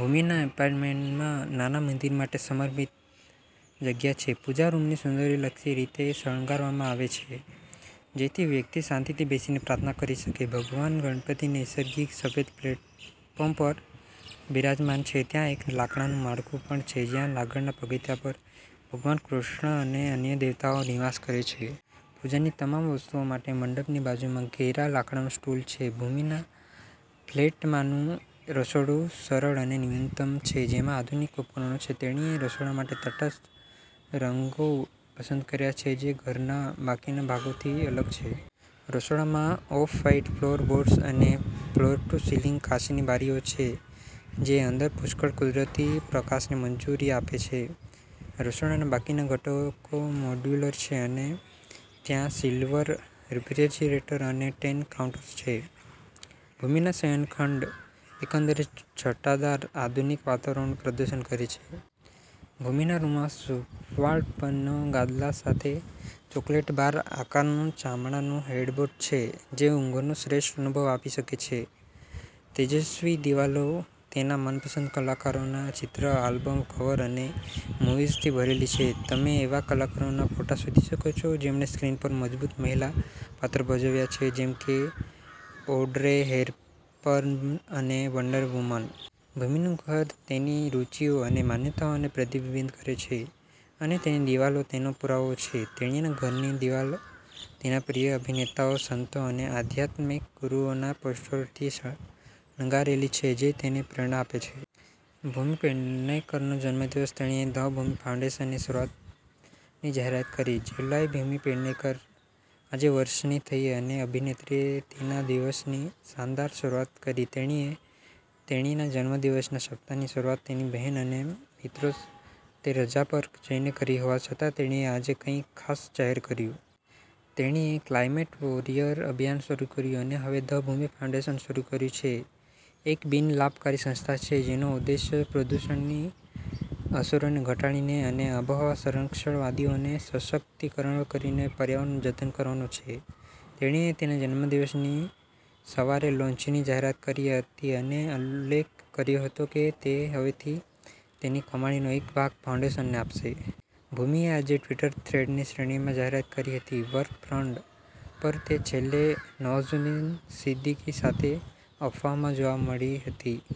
ભૂમિના એપાર્ટમેન્ટમાં નાના મંદિર માટે સમર્પિત જગ્યા છે. પૂજા રૂમને સૌંદર્યલક્ષી રીતે શણગારવામાં આવે છે જેથી વ્યક્તિ શાંતિથી બેસીને પ્રાર્થના કરી શકે. ભગવાન ગણપતિ નૈસર્ગિક સફેદ પ્લેટફોર્મ પર બિરાજમાન છે. ત્યાં એક લાકડાનું માળખું પણ છે જ્યાં આગળના પગથિયાં પર ભગવાન કૃષ્ણ અને અન્ય દેવતાઓ નિવાસ કરે છે. પૂજાની તમામ વસ્તુઓ માટે મંડપની બાજુમાં ઘેરા લાકડાનું સ્ટૂલ છે. ભૂમિના ફ્લેટમાંનું રસોડું સરળ અને ન્યૂનતમ છે જેમાં આધુનિક ઉપકરણો છે. તેણીએ રસોડા માટે તટસ્થ રંગો પસંદ કર્યા છે જે ઘરના બાકીના ભાગોથી અલગ છે. રસોડામાં ઑફ-વ્હાઇટ ફ્લોર બોર્ડ્સ અને ફ્લોર-ટુ-સીલિંગ કાચની બારીઓ છે જે અંદર પુષ્કળ કુદરતી પ્રકાશને મંજૂરી આપે છે. રસોડાના બાકીના ઘટકો મોડ્યુલર છે અને ત્યાં સિલ્વર રેફ્રિજરેટર અને ટેન કાઉન્ટર્સ છે. ભૂમિના શયનખંડ એકંદરે છટાદાર, આધુનિક વાતાવરણનું પ્રદર્શન કરે છે. ભૂમિના રૂમમાં સુંવાળપનો ગાદલા સાથે ચોકલેટ બાર આકારનું ચામડાનું હેડબોર્ડ છે જે ઊંઘનો શ્રેષ્ઠ અનુભવ આપી શકે છે. તેજસ્વી દિવાલો તેના મનપસંદ કલાકારોના ચિત્રો, આલ્બમ કવર અને મૂવીઝથી ભરેલી છે. તમે એવા કલાકારોના ફોટા શોધી શકો છો જેમણે સ્ક્રીન પર મજબૂત મહિલા પાત્રો ભજવ્યા છે જેમ કે ઑડ્રે હેપબર્ન અને વન્ડર વુમન. ભૂમિનું ઘર તેની રુચિઓ અને માન્યતાઓને પ્રતિબિંબિત કરે છે અને તેની દિવાલો તેનો પુરાવો છે. તેણીના ઘરની દિવાલો તેના પ્રિય અભિનેતાઓ, સંતો અને આધ્યાત્મિક ગુરુઓના પોસ્ટરોથી શણગારેલી છે જે તેને પ્રેરણા આપે છે. ભૂમિ પેડનેકરનો જન્મદિવસ તેણીએ "ધ ભૂમિ ફાઉન્ડેશન" ની શરૂઆતની જાહેરાત કરી. જુલાઈ ભૂમિ પેડનેકર આજે વર્ષની થઈ અને અભિનેત્રીએ તેના દિવસની શાનદાર શરૂઆત કરી. તેણીએ તેણીના જન્મદિવસના સપ્તાહની શરૂઆત તેની બહેન અને મિત્રો સાથે રજા પર જઈને કરી હોવા છતાં, તેણીએ આજે કંઈક ખાસ જાહેર કર્યું. તેણીએ ક્લાઇમેટ વોરિયર અભિયાન શરૂ કર્યું અને હવે "ધ ભૂમિ ફાઉન્ડેશન" શરૂ કર્યું છે. એક બિન-લાભકારી સંસ્થા છે જેનો ઉદ્દેશ્ય પ્રદૂષણની અસરોને ઘટાડીને અને આબોહવા સંરક્ષણવાદીઓને સશક્તિકરણ કરીને પર્યાવરણનું જતન કરવાનો છે. તેણીએ તેના જન્મદિવસની સવારેલોન્ચની જાહેરાત કરી હતી અને ઉલ્લેખ કર્યો હતો કે તે હવેથી તેની કમાણીનો એક ભાગ ફાઉન્ડેશનને આપશે. ભૂમિએ આજે ટ્વિટર થ્રેડની શ્રેણીમાં જાહેરાત કરી હતી. વર્ક ફ્રન્ટ પર તે છેલ્લે નવાઝુદ્દીન સિદ્દીકી સાથે "અફવાહ" માં જોવા મળી હતી.